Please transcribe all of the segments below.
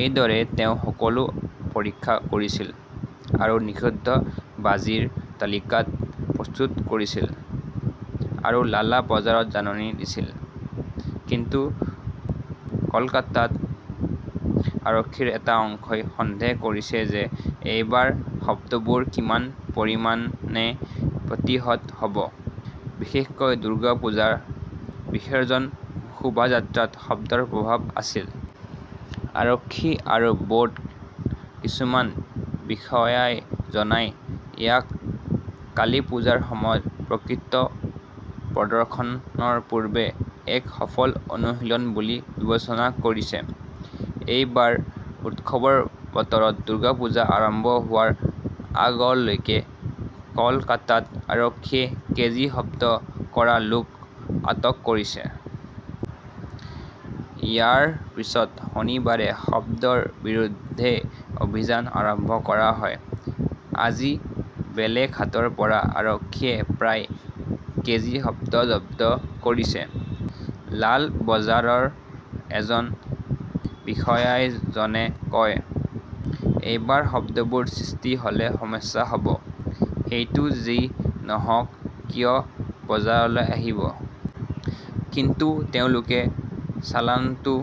এইদৰে তেওঁ সকলো পৰীক্ষা কৰিছিল আৰু নিষিদ্ধ বাজিৰ তালিকা প্ৰস্তুত কৰিছিল আৰু লাল বজাৰত জাননী দিছিল। কিন্তু কলকাতা আৰক্ষীৰ এটা অংশই সন্দেহ কৰিছে যে এইবাৰ শব্দবোৰ কিমান পৰিমাণে প্ৰতিহত হ 'ব। বিশেষকৈ দুৰ্গা পূজাৰ বিসৰ্জন শোভাযাত্ৰাত শব্দৰ প্ৰভাৱ আছিল। আৰক্ষী আৰু বৰ্ড কিছুমান বিষয়াজনে ইয়াক কালীপূজাৰ সময়ত প্ৰকৃত প্ৰদৰ্শনৰ পূৰ্বে এক 'সফল অনুশীলন' বুলি বিবেচনা কৰিছে। এইবাৰ উৎসৱৰ বতৰত দুৰ্গা পূজা আৰম্ভ হোৱাৰ আগলৈকে কলকাতাত আৰক্ষীয়ে কেজি শব্দ কৰা লোক আটক কৰিছে। ইয়াৰ পিছত শনিবাৰে শব্দৰ বিৰুদ্ধে অভিযান আৰম্ভ কৰা হয়। আজি বেলেঘাটৰ পৰা আৰক্ষীয়ে প্ৰায় কেজি শব্দ জব্দ কৰিছে। লালবজাৰৰ এজন বিষয়াজনে কয়, এবাৰ শব্দবোৰ সৃষ্টি হলে সমস্যা হ ব। সেইটো যি নহওক কিয় বজাৰলৈ আহিব। কিন্তু তেওঁলোকে চালানটো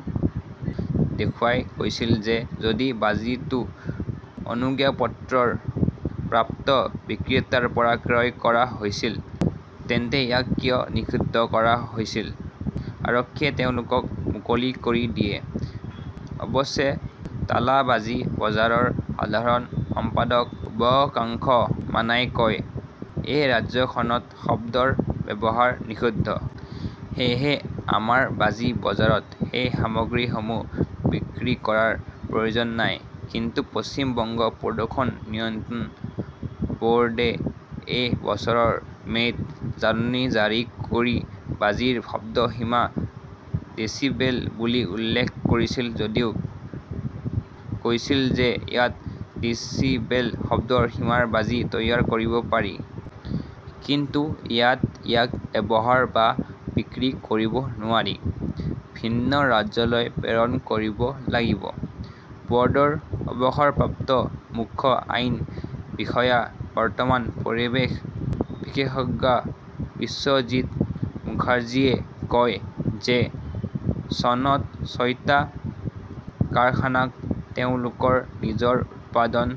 দেখুৱাই কৈছিল যে যদি বাজিটো অনুজ্ঞাপত্ৰপ্ৰাপ্ত বিক্ৰেতাৰ পৰা ক্ৰয় কৰা হৈছিল, তেন্তে ইয়াক কিয় নিষিদ্ধ কৰা হৈছিল? আৰক্ষীয়ে তেওঁলোকক মুকলি কৰি দিয়ে। অৱশ্যে টালা বাজি বজাৰৰ সাধাৰণ সম্পাদক শুভকাংশ মানাই কয়, এই ৰাজ্যখনত শব্দ ব্যৱহাৰ নিষিদ্ধ। সেয়েহে আমাৰ বাজি বজাৰত সেই সামগ্ৰীসমূহ বিক্ৰী কৰাৰ প্ৰয়োজন নাই। কিন্তু পশ্চিম বংগ প্ৰদূষণ নিয়ন্ত্ৰণ ব ৰ্ডে এই বছৰৰ মে'ত জাননী জাৰি কৰি বাজিৰ শব্দৰ সীমা ডেছিবেল বুলি উল্লেখ কৰিছিল যদিও কৈছিল যে ইয়াত ডেছিবেল শব্দৰ সীমাৰ বাজি তৈয়াৰ কৰিব পাৰি। কিন্তু ইয়াত ইয়াক ব্যৱহাৰ বা বিক্ৰী কৰিব নোৱাৰি, ভিন্ন ৰাজ্যলৈ প্ৰেৰণ কৰিব লাগিব। বৰ্ডৰ অৱসৰপ্ৰাপ্ত মুখ্য আইন বিষয়া বৰ্তমান পৰিৱেশ বিশেষজ্ঞ বিশ্বজিত মুখাৰ্জীয়ে কয় যে চনত ছয়টা কাৰখানাক তেওঁলোকৰ নিজৰ উৎপাদন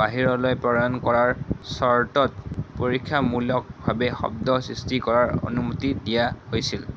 বাহিৰলৈ প্ৰেৰণ কৰাৰ চৰ্তত পৰীক্ষামূলকভাৱে শব্দ সৃষ্টি কৰাৰ অনুমতি দিয়া হৈছিল।